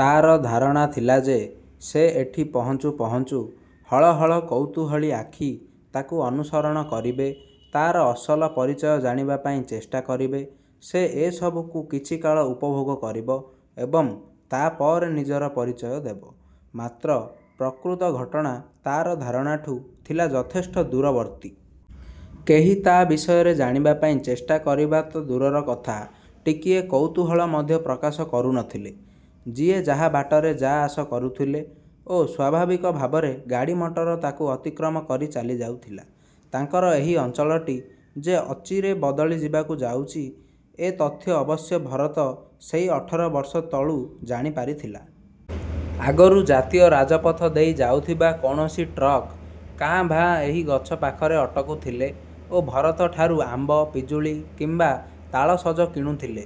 ତାର ଧାରଣା ଥିଲା ଯେ ସେ ଏଠି ପହଞ୍ଚୁ ପହଞ୍ଚୁ ହଳ ହଳ କୌତୂହଳୀ ଆଖି ତାକୁ ଅନୁସରଣ କରିବେ। ତାର ଅସଲ ପରିଚୟ ଜାଣିବା ପାଇଁ ଚେଷ୍ଟା କରିବେ। ସେ ଏସବୁକୁ କିଛିକାଳ ଉପଭୋଗ କରିବ ଏବଂ ତାପରେ ନିଜର ପରିଚୟ ଦେବ। ମାତ୍ର ପ୍ରକୃତ ଘଟଣା ତାର ଧାରଣାଠୁ ଥିଲା ଯଥେଷ୍ଟ ଦୂରବର୍ତ୍ତୀ। କେହି ତା ବିଷୟରେ ଜାଣିବା ପାଇଁ ଚେଷ୍ଟା କରିବା ତ ଦୂରର କଥା ଟିକିଏ କୌତୂହଳ ମଧ୍ୟ ପ୍ରକାଶ କରୁ ନଥିଲେ। ଯିଏ ଯାହା ବାଟରେ ଯା ଆସ କରୁଥିଲେ ଓ ସ୍ୱାଭାବିକ ଭାବରେ ଗାଡ଼ିମଟର ତାକୁ ଅତିକ୍ରମ କରି ଚାଲିଯାଉଥିଲା। ତାଙ୍କର ଏହି ଅଞ୍ଚଳଟି ଯେ ଅଚିରେ ବଦଳିଯିବାକୁ ଯାଉଛି ଏ ତଥ୍ୟ ଅବଶ୍ୟ ଭରତ ସେଇ ଅଠର ବର୍ଷ ତଳୁ ଜାଣିପାରିଥିଲା। ଆଗରୁ ଜାତୀୟ ରାଜପଥ ଦେଇ ଯାଉଥିବା କୌଣସି ଟ୍ରକ୍ କାଁ ଭାଁ ଏହି ଗଛ ପାଖରେ ଅଟକୁଥିଲେ ଓ ଭରତ ଠାରୁ ଆମ୍ବ, ପିଜୁଳି କିମ୍ବା ତାଳସଜ କିଣୁଥିଲେ।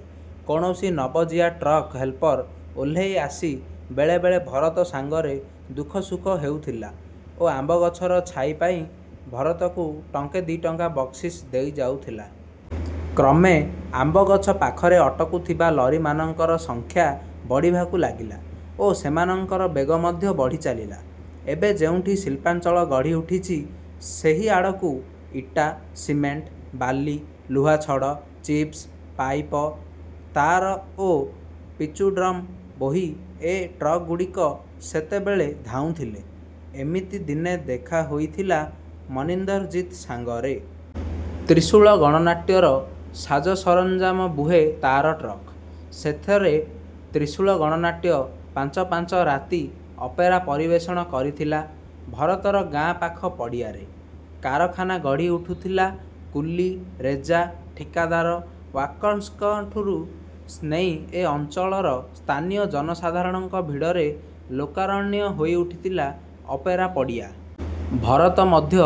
କୌଣସି ନବଜିଆ ଟ୍ରକ୍ ହେଲ୍ପର ଓହ୍ଲେଇ ଆସି ବେଳେବେଳେ ଭରତ ସାଙ୍ଗରେ ଦୁଃଖସୁଖ ହେଉଥିଲା ଓ ଆମ୍ବଗଛର ଛାଇ ପାଇଁ ଭରତକୁ ଟଙ୍କେ ଦି ଟଙ୍କା ବକ୍ସିସ ଦେଇ ଯାଉଥିଲା। କ୍ରମେ ଆମ୍ବଗଛ ପାଖେ ଅଟକୁଥିବା ଲରିମାନଙ୍କର ସଂଖ୍ୟା ବଢ଼ିବାକୁ ଲାଗିଲା ଓ ସେମାନଙ୍କର ବେଗ ମଧ୍ୟ ବଢ଼ିଚାଲିଲା। ଏବେ ଯେଉଁଠି ଶିଳ୍ପାଞ୍ଚଳ ଗଢ଼ିଉଠିଛି, ସେହିଆଡ଼କୁ ଇଟା, ସିମେଣ୍ଟ, ବାଲି, ଲୁହାଛଡ଼, ଚିପ୍ସ, ପାଇପ, ତାର ଓ ପିଚୁଡ୍ରମ୍ ବୋହି ଏ ଟ୍ରକ୍‌ଗୁଡ଼ିକ ସେତେବେଳେ ଧାଉଁଥିଲେ। ଏମିତି ଦିନେ ଦେଖା ହୋଇଥିଲା ମନିନ୍ଦରଜିତ୍ ସାଙ୍ଗରେ। ତ୍ରିଶୂଳ ଗଣନାଟ୍ୟର ସାଜସରଞ୍ଜାମ ବୁହେ ତାର ଟ୍ରକ୍। ସେଥର ତ୍ରିଶୂଳ ଗଣନାଟ୍ୟ ପାଞ୍ଚ ପାଞ୍ଚ ରାତି ଅପେରା ପରିବେଷଣ କରିଥିଲା ଭରତର ଗାଁ ପାଖ ପଡ଼ିଆରେ। କାରଖାନା ଗଢ଼ିଉଠୁଥିଲା କୁଲି, ରେଜା, ଠିକାଦାର, ୱାର୍କର୍ସଙ୍କଠୁଁ ନେଇ ଏ ଅଞ୍ଚଳର ସ୍ଥାନୀୟ ଜନସାଧାରଣଙ୍କ ଭିଡ଼ରେ ଲୋକାରଣ୍ୟ ହୋଇଉଠିଥିଲା ଅପେରା ପଡ଼ିଆ। ଭରତ ମଧ୍ୟ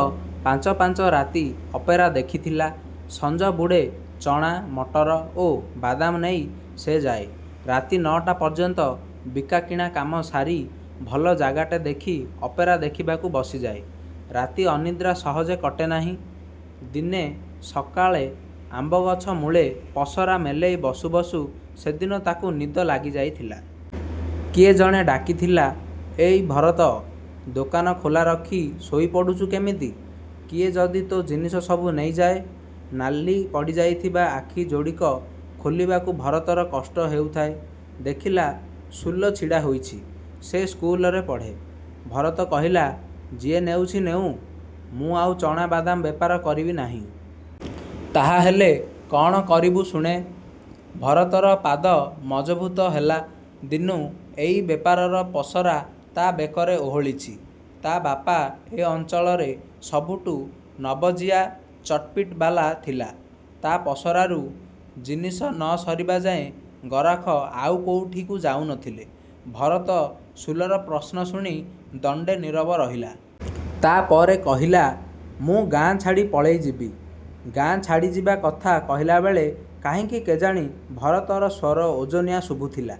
ପାଞ୍ଚ ପାଞ୍ଚ ରାତି ଅପେରା ଦେଖିଥିଲା। ସଂଜବୁଡ଼େ ଚଣା, ମଟର ଓ ବାଦାମ ନେଇ ସେ ଯାଏ। ରାତି ନଅଟା ପର୍ଯ୍ୟନ୍ତ ବିକାକିଣା କାମ ସାରି ଭଲ ଜାଗାଟେ ଦେଖି ଅପେରା ଦେଖିବାକୁ ବସିଯାଏ। ରାତି ଅନିଦ୍ରା ସହଜେ କଟେନାହିଁ। ଦିନେ ସକାଳେ, ଆମ୍ବଗଛ ମୂଳେ ପସରା ମେଲେଇ ବସୁ ବସୁ ସେଦିନ ତାକୁ ନିଦ ଲାଗିଯାଇଥିଲା। କିଏ ଜଣେ ଡାକିଥିଲା, "ଏ ଇ ଭରତ, ଦୋକାନ ଖୋଲା ରଖି ଶୋଇପଡ଼ୁଛୁ କେମିତି? କିଏ ଯଦି ତୋ ଜିନିଷ ସବୁ ନେଇଯାଏ!" ନାଲି ପଡ଼ିଯାଇଥିବା ଆଖିଯୋଡ଼ିକ ଖୋଲିବାକୁ ଭରତର କଷ୍ଟ ହେଉଥାଏ। ଦେଖିଲା, ସୁଲ ଛିଡ଼ାହେଇଛି। ସେ ସ୍କୁଲରେ ପଢ଼େ। ଭରତ କହିଲା, "ଯିଏ ନେଉଛି ନେଉ, ମୁଁ ଆଉ ଚଣା ବାଦାମ ବେପାର କରିବି ନାହିଁ।" "ତାହାହେଲେ କଣ କରିବୁ ଶୁଣେ!" ଭରତର ପାଦ ମଜଭୁତ ହେଲା ଦିନୁ ଏଇ ବେପାରର ପସରା ତା ବେକରେ ଓହଳିଛି। ତା ବାପା ଏ ଅଞ୍ଚଳରେ ସବୁଠୁ ନବଜିଆ ଚଟ୍‌ପଟିବାଲା ଥିଲା। ତା ପସରାରୁ ଜିନିଷ ନ ସରିବାଯାଏ ଗରାଖ ଆଉ କୋଉଠିକି ଯାଉନଥିଲେ। ଭରତ ସୁଲର ପ୍ରଶ୍ନ ଶୁଣି ଦଣ୍ଡେ ନିରବ ରହିଲା। ତାପରେ କହିଲା, "ମୁଁ ଗାଁ ଛାଡ଼ି ପଳେଇଯିବି।" ଗାଁ ଛାଡ଼ିଯିବା କଥା କହିଲାବେଳେ କାହିଁକି କେଜାଣି ଭରତର ସ୍ୱର ଓଜନିଆ ଶୁଭୁଥିଲା।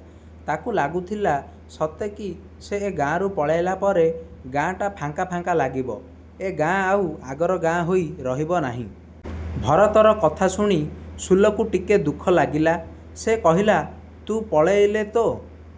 ତାକୁ ଲାଗୁଥିଲା, ସତେକି ସେ ଏ ଗାଁରୁ ପଳାଇଲା ପରେ ଗାଁଟା ଫାଙ୍କା ଫାଙ୍କା ଲାଗିବ, ଏ ଗାଁ ଆଉ ଆଗର ଗାଁ ହୋଇ ରହିବ ନାହିଁ। ଭରତର କଥା ଶୁଣି ସୁଲକୁ ଟିକେ ଦୁଃଖ ଲାଗିଲା। ସେ କହିଲା, "ତୁ ପଳେଇଲେ ତୋ"।